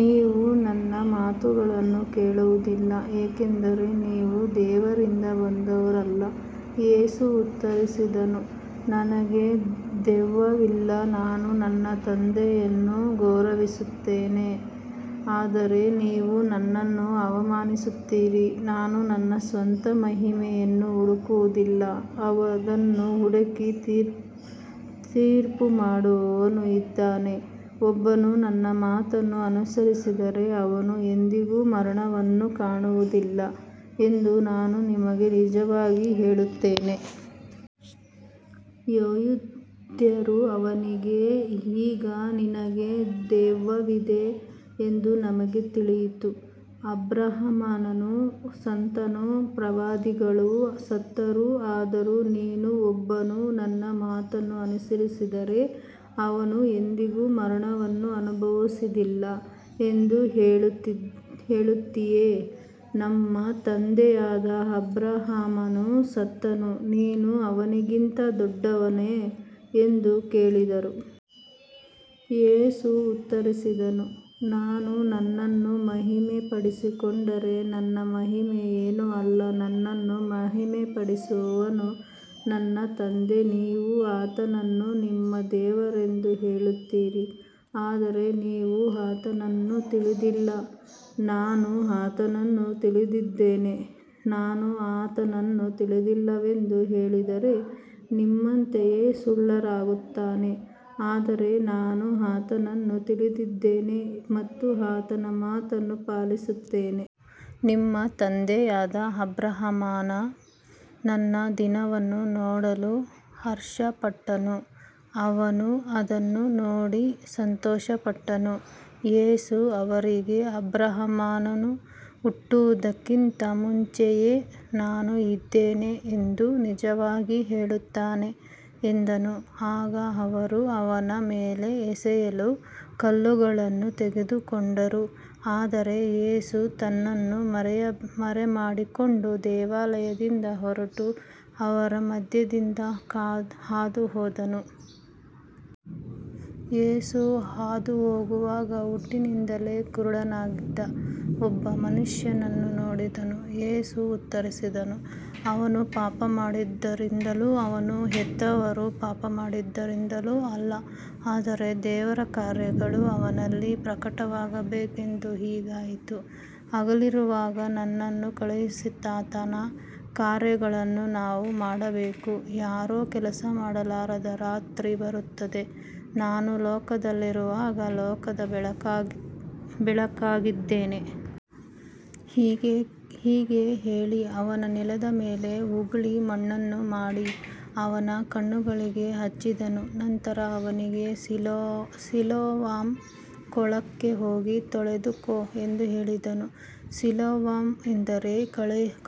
ನೀವು ನನ್ನ ಮಾತುಗಳನ್ನು ಕೇಳುವುದಿಲ್ಲ, ಏಕೆಂದರೆ ನೀವು ದೇವರಿಂದ ಬಂದವರಲ್ಲ. ಯೇಸು ಉತ್ತರಿಸಿದನು, ನನಗೆ ದೆವ್ವವಿಲ್ಲ, ನಾನು ನನ್ನ ತಂದೆಯನ್ನು ಗೌರವಿಸುತ್ತೇನೆ, ಆದರೆ ನೀವು ನನ್ನನ್ನು ಅವಮಾನಿಸುತ್ತೀರಿ. ನಾನು ನನ್ನ ಸ್ವಂತ ಮಹಿಮೆಯನ್ನು ಹುಡುಕುವುದಿಲ್ಲ, ಅದನ್ನು ಹುಡುಕಿ ತೀರ್ಪುಮಾಡುವವನು ಇದ್ದಾನೆ. ಒಬ್ಬನು ನನ್ನ ಮಾತನ್ನು ಅನುಸರಿಸಿದರೆ ಅವನು ಎಂದಿಗೂ ಮರಣವನ್ನು ಕಾಣುವುದಿಲ್ಲ ಎಂದು ನಾನು ನಿಮಗೆ ನಿಜವಾಗಿ ಹೇಳುತ್ತೇನೆ. ಯೆಹೂದ್ಯರು ಅವನಿಗೆ, ಈಗ ನಿನಗೆ ದೆವ್ವವಿದೆ ಎಂದು ನಮಗೆ ತಿಳಿಯಿತು. ಅಬ್ರಹಾಮನು ಸತ್ತನು, ಪ್ರವಾದಿಗಳೂ ಸತ್ತರು, ಆದರೂ ನೀನು, ಒಬ್ಬನು ನನ್ನ ಮಾತನ್ನು ಅನುಸರಿಸಿದರೆ ಅವನು ಎಂದಿಗೂ ಮರಣವನ್ನು ಅನುಭವಿಸುವುದಿಲ್ಲ ಎಂದು ಹೇಳುತ್ತೀಯೆ. ನಮ್ಮ ತಂದೆಯಾದ ಅಬ್ರಹಾಮನು ಸತ್ತನು, ನೀನು ಅವನಿಗಿಂತ ದೊಡ್ಡವನೋ ಎಂದು ಕೇಳಿದರು. ಯೇಸು ಉತ್ತರಿಸಿದನು, ನಾನು ನನ್ನನ್ನು ಮಹಿಮೆಪಡಿಸಿಕೊಂಡರೆ ನನ್ನ ಮಹಿಮೆ ಏನೂ ಅಲ್ಲ, ನನ್ನನ್ನು ಮಹಿಮೆಪಡಿಸುವವನು ನನ್ನ ತಂದೆ. ನೀವು ಆತನನ್ನು ನಿಮ್ಮ ದೇವರೆಂದು ಹೇಳುತ್ತೀರಿ, ಆದರೆ ನೀವು ಆತನನ್ನು ತಿಳಿದಿಲ್ಲ, ನಾನು ಆತನನ್ನು ತಿಳಿದಿದ್ದೇನೆ. ನಾನು ಆತನನ್ನು ತಿಳಿದಿಲ್ಲವೆಂದು ಹೇಳಿದರೆ ನಿಮ್ಮಂತೆಯೇ ಸುಳ್ಳುಗಾರನಾಗುತ್ತೇನೆ, ಆದರೆ ನಾನು ಆತನನ್ನು ತಿಳಿದಿದ್ದೇನೆ ಮತ್ತು ಆತನ ಮಾತನ್ನು ಪಾಲಿಸುತ್ತೇನೆ. ನಿಮ್ಮ ತಂದೆಯಾದ ಅಬ್ರಹಾಮನು ನನ್ನ ದಿನವನ್ನು ನೋಡಲು ಹರ್ಷಪಟ್ಟನು, ಅವನು ಅದನ್ನು ನೋಡಿ ಸಂತೋಷಪಟ್ಟನು. ಯೇಸು ಅವರಿಗೆ, ಅಬ್ರಹಾಮನು ಹುಟ್ಟುವುದಕ್ಕಿಂತ ಮುಂಚೆಯೇ ನಾನು ಇದ್ದೇನೆ ಎಂದು ನಿಜವಾಗಿ ಹೇಳುತ್ತೇನೆ ಎಂದನು. ಆಗ ಅವರು ಅವನ ಮೇಲೆ ಎಸೆಯಲು ಕಲ್ಲುಗಳನ್ನು ತೆಗೆದುಕೊಂಡರು, ಆದರೆ ಯೇಸು ತನ್ನನ್ನು ಮರೆಮಾಡಿಕೊಂಡು ದೇವಾಲಯದಿಂದ ಹೊರಟು ಅವರ ಮಧ್ಯದಿಂದ ಹಾದುಹೋದನು. ಯೇಸು ಹಾದುಹೋಗುವಾಗ ಹುಟ್ಟಿನಿಂದಲೇ ಕುರುಡನಾಗಿದ್ದ ಒಬ್ಬ ಮನುಷ್ಯನನ್ನು ನೋಡಿದನು. ಯೇಸು ಉತ್ತರಿಸಿದನು, ಅವನು ಪಾಪಮಾಡಿದ್ದರಿಂದಲೂ ಅವನ ಹೆತ್ತವರು ಪಾಪಮಾಡಿದ್ದರಿಂದಲೂ ಅಲ್ಲ, ಆದರೆ ದೇವರ ಕಾರ್ಯಗಳು ಅವನಲ್ಲಿ ಪ್ರಕಟವಾಗಬೇಕೆಂದು ಹೀಗಾಯಿತು. ಹಗಲಿರುವಾಗ ನನ್ನನ್ನು ಕಳುಹಿಸಿದಾತನ ಕಾರ್ಯಗಳನ್ನು ನಾವು ಮಾಡಬೇಕು, ಯಾರೂ ಕೆಲಸಮಾಡಲಾರದ ರಾತ್ರಿ ಬರುತ್ತದೆ. ನಾನು ಲೋಕದಲ್ಲಿರುವಾಗ ಲೋಕದ ಬೆಳಕಾಗಿದ್ದೇನೆ. ಹೀಗೆ ಹೇಳಿ ಅವನು ನೆಲದ ಮೇಲೆ ಉಗುಳಿ, ಮಣ್ಣನ್ನು ಮಾಡಿ ಅವನ ಕಣ್ಣುಗಳಿಗೆ ಹಚ್ಚಿದನು. ನಂತರ ಅವನಿಗೆ, ಸಿಲೋವಾಮ್ ಕೊಳಕ್ಕೆ ಹೋಗಿ ತೊಳೆದುಕೋ ಎಂದು ಹೇಳಿದನು. ಸಿಲೋವಾಮ್ ಎಂದರೆ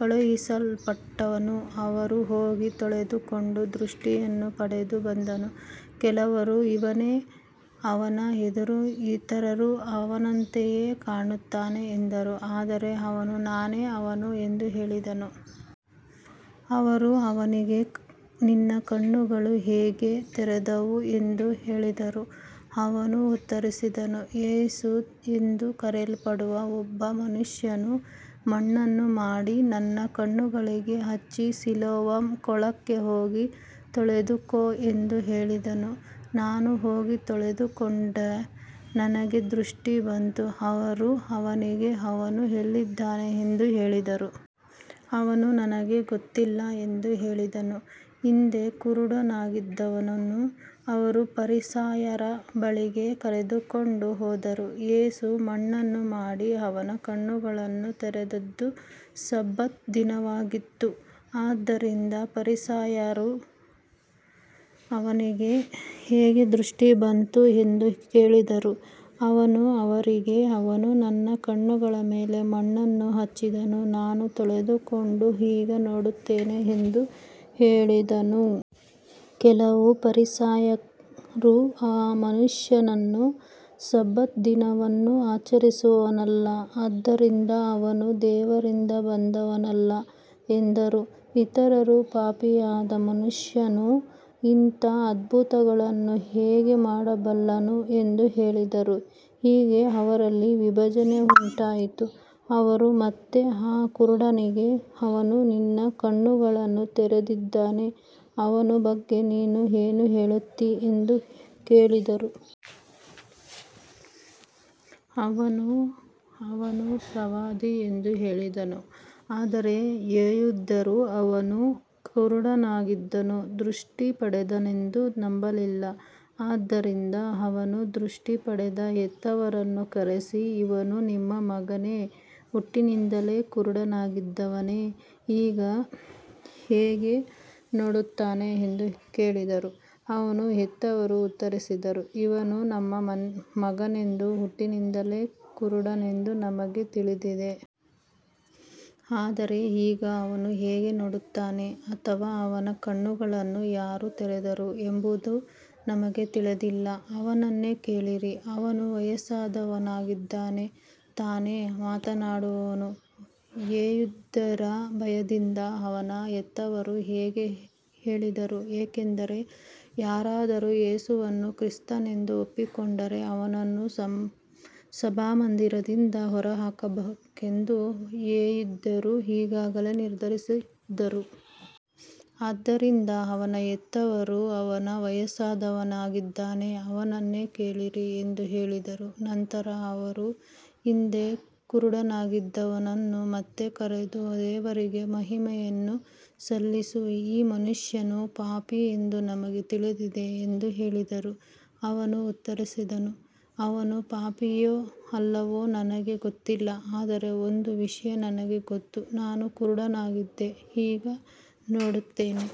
ಕಳುಹಿಸಲ್ಪಟ್ಟವನು. ಅವನು ಹೋಗಿ ತೊಳೆದುಕೊಂಡು ದೃಷ್ಟಿಯನ್ನು ಪಡೆದು ಬಂದನು. ಕೆಲವರು, ಇವನೇ ಅವನು ಎಂದರು, ಇತರರು, ಅವನಂತೆಯೇ ಕಾಣುತ್ತಾನೆ ಎಂದರು, ಆದರೆ ಅವನು, ನಾನೇ ಅವನು ಎಂದು ಹೇಳಿದನು. ಅವರು ಅವನಿಗೆ, ನಿನ್ನ ಕಣ್ಣುಗಳು ಹೇಗೆ ತೆರೆದವು ಎಂದು ಕೇಳಿದರು. ಅವನು ಉತ್ತರಿಸಿದನು, ಯೇಸು ಎಂದು ಕರೆಯಲ್ಪಡುವ ಒಬ್ಬ ಮನುಷ್ಯನು ಮಣ್ಣನ್ನು ಮಾಡಿ ನನ್ನ ಕಣ್ಣುಗಳಿಗೆ ಹಚ್ಚಿ, ಸಿಲೋವಾಮ್ ಕೊಳಕ್ಕೆ ಹೋಗಿ ತೊಳೆದುಕೋ ಎಂದು ಹೇಳಿದನು. ನಾನು ಹೋಗಿ ತೊಳೆದುಕೊಂಡೆ, ನನಗೆ ದೃಷ್ಟಿ ಬಂತು. ಅವರು ಅವನಿಗೆ, ಅವನು ಎಲ್ಲಿದ್ದಾನೆ ಎಂದು ಕೇಳಿದರು. ಅವನು, ನನಗೆ ಗೊತ್ತಿಲ್ಲ ಎಂದು ಹೇಳಿದನು. ಹಿಂದೆ ಕುರುಡನಾಗಿದ್ದವನನ್ನು ಅವರು ಫರಿಸಾಯರ ಬಳಿಗೆ ಕರೆದುಕೊಂಡು ಹೋದರು. ಯೇಸು ಮಣ್ಣನ್ನು ಮಾಡಿ ಅವನ ಕಣ್ಣುಗಳನ್ನು ತೆರೆದದ್ದು ಸಬ್ಬತ್ ದಿನವಾಗಿತ್ತು. ಆದ್ದರಿಂದ ಫರಿಸಾಯರೂ ಅವನಿಗೆ ಹೇಗೆ ದೃಷ್ಟಿ ಬಂತು ಎಂದು ಕೇಳಿದರು. ಅವನು ಅವರಿಗೆ, ಅವನು ನನ್ನ ಕಣ್ಣುಗಳ ಮೇಲೆ ಮಣ್ಣನ್ನು ಹಚ್ಚಿದನು, ನಾನು ತೊಳೆದುಕೊಂಡು ಈಗ ನೋಡುತ್ತೇನೆ ಎಂದು ಹೇಳಿದನು. ಕೆಲವು ಫರಿಸಾಯರು, ಈ ಮನುಷ್ಯನು ಸಬ್ಬತ್ ದಿನವನ್ನು ಆಚರಿಸುವವನಲ್ಲ, ಆದ್ದರಿಂದ ಅವನು ದೇವರಿಂದ ಬಂದವನಲ್ಲ ಎಂದರು. ಇತರರು, ಪಾಪಿಯಾದ ಮನುಷ್ಯನು ಇಂಥ ಅದ್ಭುತಗಳನ್ನು ಹೇಗೆ ಮಾಡಬಲ್ಲನು ಎಂದು ಹೇಳಿದರು. ಹೀಗೆ ಅವರಲ್ಲಿ ವಿಭಜನೆ ಉಂಟಾಯಿತು. ಅವರು ಮತ್ತೆ ಆ ಕುರುಡನಿಗೆ, ಅವನು ನಿನ್ನ ಕಣ್ಣುಗಳನ್ನು ತೆರೆದಿದ್ದಾನೆ, ಅವನ ಬಗ್ಗೆ ನೀನು ಏನು ಹೇಳುತ್ತೀ ಎಂದು ಕೇಳಿದರು. ಅವನು, ಅವನು ಪ್ರವಾದಿ ಎಂದು ಹೇಳಿದನು. ಆದರೆ ಯೆಹೂದ್ಯರು ಅವನು ಕುರುಡನಾಗಿದ್ದು ದೃಷ್ಟಿ ಪಡೆದನೆಂದು ನಂಬಲಿಲ್ಲ. ಆದ್ದರಿಂದ ಅವನ ದೃಷ್ಟಿ ಪಡೆದ ಹೆತ್ತವರನ್ನು ಕರೆಸಿ, ಇವನು ನಿಮ್ಮ ಮಗನೇ, ಹುಟ್ಟಿನಿಂದಲೇ ಕುರುಡನಾಗಿದ್ದವನೇ, ಈಗ ಹೇಗೆ ನೋಡುತ್ತಾನೆ ಎಂದು ಕೇಳಿದರು. ಅವನ ಹೆತ್ತವರು ಉತ್ತರಿಸಿದರು, ಇವನು ನಮ್ಮ ಮಗನೆಂದೂ ಹುಟ್ಟಿನಿಂದಲೇ ಕುರುಡನೆಂದೂ ನಮಗೆ ತಿಳಿದಿದೆ. ಆದರೆ ಈಗ ಅವನು ಹೇಗೆ ನೋಡುತ್ತಾನೆ ಅಥವಾ ಅವನ ಕಣ್ಣುಗಳನ್ನು ಯಾರು ತೆರೆದರು ಎಂಬುದು ನಮಗೆ ತಿಳಿದಿಲ್ಲ. ಅವನನ್ನೇ ಕೇಳಿರಿ, ಅವನು ವಯಸ್ಸಾದವನಾಗಿದ್ದಾನೆ, ತಾನೇ ಮಾತನಾಡುವನು. ಯೆಹೂದ್ಯರ ಭಯದಿಂದ ಅವನ ಹೆತ್ತವರು ಹೀಗೆ ಹೇಳಿದರು, ಏಕೆಂದರೆ ಯಾರಾದರೂ ಯೇಸುವನ್ನು ಕ್ರಿಸ್ತನೆಂದು ಒಪ್ಪಿಕೊಂಡರೆ ಅವನನ್ನು ಸಭಾಮಂದಿರದಿಂದ ಹೊರಹಾಕಬೇಕೆಂದು ಯೆಹೂದ್ಯರು ಈಗಾಗಲೇ ನಿರ್ಧರಿಸಿದ್ದರು. ಆದ್ದರಿಂದ ಅವನ ಹೆತ್ತವರು, ಅವನು ವಯಸ್ಸಾದವನಾಗಿದ್ದಾನೆ, ಅವನನ್ನೇ ಕೇಳಿರಿ ಎಂದು ಹೇಳಿದರು. ನಂತರ ಅವರು ಹಿಂದೆ ಕುರುಡನಾಗಿದ್ದವನನ್ನು ಮತ್ತೆ ಕರೆದು, ದೇವರಿಗೆ ಮಹಿಮೆಯನ್ನು ಸಲ್ಲಿಸು, ಈ ಮನುಷ್ಯನು ಪಾಪಿ ಎಂದು ನಮಗೆ ತಿಳಿದಿದೆ ಎಂದು ಹೇಳಿದರು. ಅವನು ಉತ್ತರಿಸಿದನು, ಅವನು ಪಾಪಿಯೋ ಅಲ್ಲವೋ ನನಗೆ ಗೊತ್ತಿಲ್ಲ, ಆದರೆ ಒಂದು ವಿಷಯ ನನಗೆ ಗೊತ್ತು, ನಾನು ಕುರುಡನಾಗಿದ್ದೆ, ಈಗ ನೋಡುತ್ತೇನೆ.